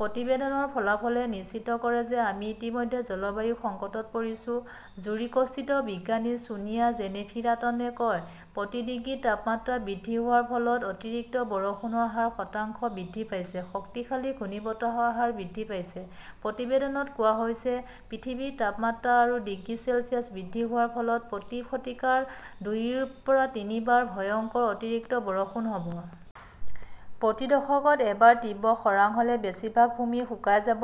"প্ৰতিবেদনৰ ফলাফলে নিশ্চিত কৰে যে আমি ইতিমধ্যে জলবায়ু সংকটত পৰিছো", জুৰিকস্থিত বিজ্ঞানী ছোনিয়া জেনেফিৰাটনে কয়। প্ৰতি ডিগ্ৰী তাপমাত্ৰা বৃদ্ধিৰ ফলত হোৱা অতিৰিক্ত বৰষুণৰ হাৰ শতাংশ বৃদ্ধি পাইছে। শক্তিশালী ঘূৰ্ণীবতাহৰ হাৰ বৃদ্ধি পাইছে। প্ৰতিবেদনত কোৱা হৈছে, পৃথিৱীৰ তাপমাত্ৰা আৰু ডিগ্ৰী চেলছিয়াছ বৃদ্ধি হোৱাৰ ফলত প্ৰতি শতিকাত দুইৰ পৰা তিনিবাৰ ভয়ংকৰ অতিৰিক্ত বৰষুণ হ "ব। প্ৰতি দশকত এবাৰ তীব্ৰ খৰাং হ" লে বেছিভাগ ভূমি শুকাই যাব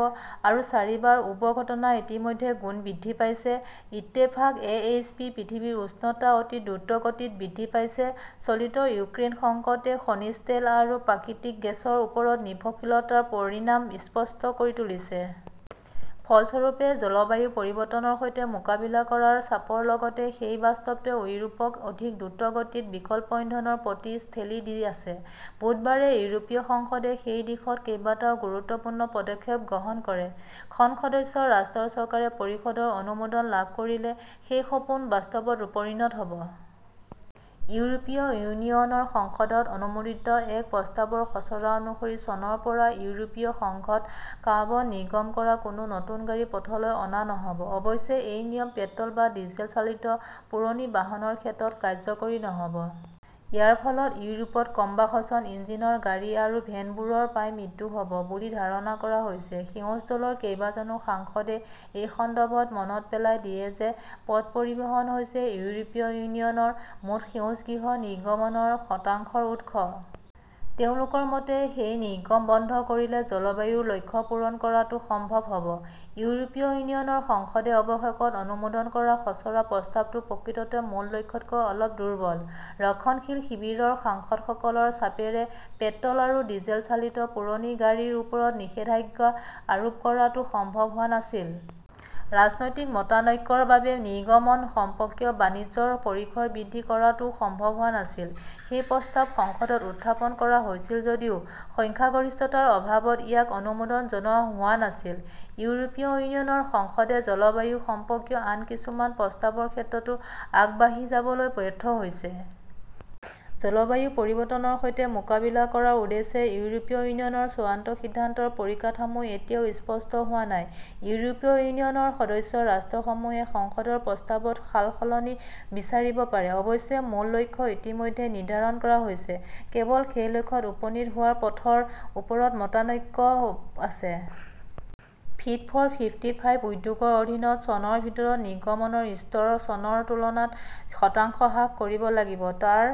আৰু চাৰিবাৰ উৰ্বৰ ঘটনা ইতিমধ্যে গুণ বৃদ্ধি পাইছে। ইত্তেফাক/এ. এইচ. পি. পৃথিৱীৰ উষ্ণতা অতি দ্ৰুতগতিত বৃদ্ধি পাইছে চলিত ইউক্ৰেইন সংকটই খনিজ তেল আৰু প্ৰাকৃতিক গেছৰ ওপৰত নিৰ্ভৰশীলতাৰ পৰিণাম স্পষ্ট কৰি তুলিছে। ফলস্বৰূপে জলবায়ু পৰিৱৰ্তনৰ সৈতে মোকাবিলা কৰাৰ চাপৰ লগতে সেই বাস্তৱটোৱে ইউৰোপক অধিক দ্ৰুতগতিত বিকল্প ইন্ধনৰ প্ৰতি ঠেলি দি আছে। বুধবাৰে ইউৰোপীয় সংসদে সেই দিশত কেইবাটাও গুৰুত্বপূৰ্ণ পদক্ষেপ গ্ৰহণ কৰে। খন সদস্য ৰাষ্ট্ৰৰ চৰকাৰে পৰিষদৰ অনুমোদন লাভ কৰিলে সেই সপোন বাস্তৱত পৰিণত হ "ব। ইউৰোপীয় ইউনিয়নৰ সংসদত অনুমোদিত এক প্ৰস্তাৱৰ খচৰা অনুসৰি, চনৰ পৰা ইউৰোপীয় সংঘত কাৰ্বন নিৰ্গমন কৰা কোনো নতুন গাড়ী পথলৈ অনা নহ 'ব। অৱশ্যে, সেই নিয়ম পেট্ৰ' ল বা ডিজেল চালিত পুৰণি বাহনৰ ক্ষেত্ৰত কাৰ্যকৰী নহ 'ব। ইয়াৰ ফলত ইউৰোপত কম্বাসচন ইঞ্জিনৰ গাড়ী আৰু ভেনবোৰৰ প্ৰায় মৃত্যু হ 'ব বুলি ধাৰণা কৰা হৈছে। সেউজ দলৰ কেইবাজনো সাংসদই এই সন্দৰ্ভত মনত পেলাই দিয়ে যে পথ পৰিবহণ হৈছে ইউৰোপীয় ইউনিয়নৰ মুঠ সেউজগৃহ নিৰ্গমনৰ শতাংশৰ উৎস। তেওঁলোকৰ মতে, সেই নিৰ্গমন বন্ধ কৰিলে জলবায়ুৰ লক্ষ্য পূৰণ কৰাটো সম্ভৱ হ "ব। ইউৰোপীয় ইউনিয়নৰ সংসদে অৱশেষত অনুমোদন কৰা খচৰা প্ৰস্তাৱটো প্ৰকৃততে মূল লক্ষ্যতকৈ অলপ দুৰ্বল। ৰক্ষণশীল শিবিৰৰ সাংসদসকলৰ চাপেৰে পেট্ৰ "ল আৰু ডিজেল চালিত পুৰণি গাড়ীৰ ওপৰত নিষেধাজ্ঞা আৰোপ কৰাটো সম্ভৱ হোৱা নাছিল। ৰাজনৈতিক মতানৈক্যৰ বাবে নিৰ্গমন সম্পৰ্কীয় বাণিজ্যৰ পৰিসৰ বৃদ্ধি কৰাটোও সম্ভৱ হোৱা নাছিল। সেই প্ৰস্তাৱ সংসদত উত্থাপন কৰা হৈছিল যদিও সংখ্যাগৰিষ্ঠতাৰ অভাৱত ইয়াক অনুমোদন জনোৱা হোৱা নাছিল। ইউৰোপীয় ইউনিয়নৰ সংসদে জলবায়ু সম্পৰ্কীয় আন কিছুমান প্ৰস্তাৱৰ ক্ষেত্ৰতো আগবাঢ়ি যাবলৈ ব্যৰ্থ হৈছে। জলবায়ু পৰিৱৰ্তনৰ সৈতে মোকাবিলা কৰাৰ উদ্দেশ্যে ইউৰোপীয় ইউনিয়নৰ চূড়ান্ত সিদ্ধান্তৰ পৰিকাঠামো এতিয়াও স্পষ্ট হোৱা নাই। ইউৰোপীয় ইউনিয়নৰ সদস্য ৰাষ্ট্ৰসমূহে সংসদৰ প্ৰস্তাৱত সালসলনি বিচাৰিব পাৰে। অৱশ্যে, মূল লক্ষ্য ইতিমধ্যে নিৰ্ধাৰণ কৰা হৈছে। কেৱল সেই লক্ষ্যত উপনীত হোৱাৰ পথৰ ওপৰত মতানৈক্য আছে। 'ফিট ফৰ ফিফ্টি ফাইভ "উদ্যোগৰ অধীনত চনৰ ভিতৰত নিৰ্গমনৰ স্তৰ চনৰ তুলনাত শতাংশ হ্ৰাস কৰিব লাগিব। তাৰ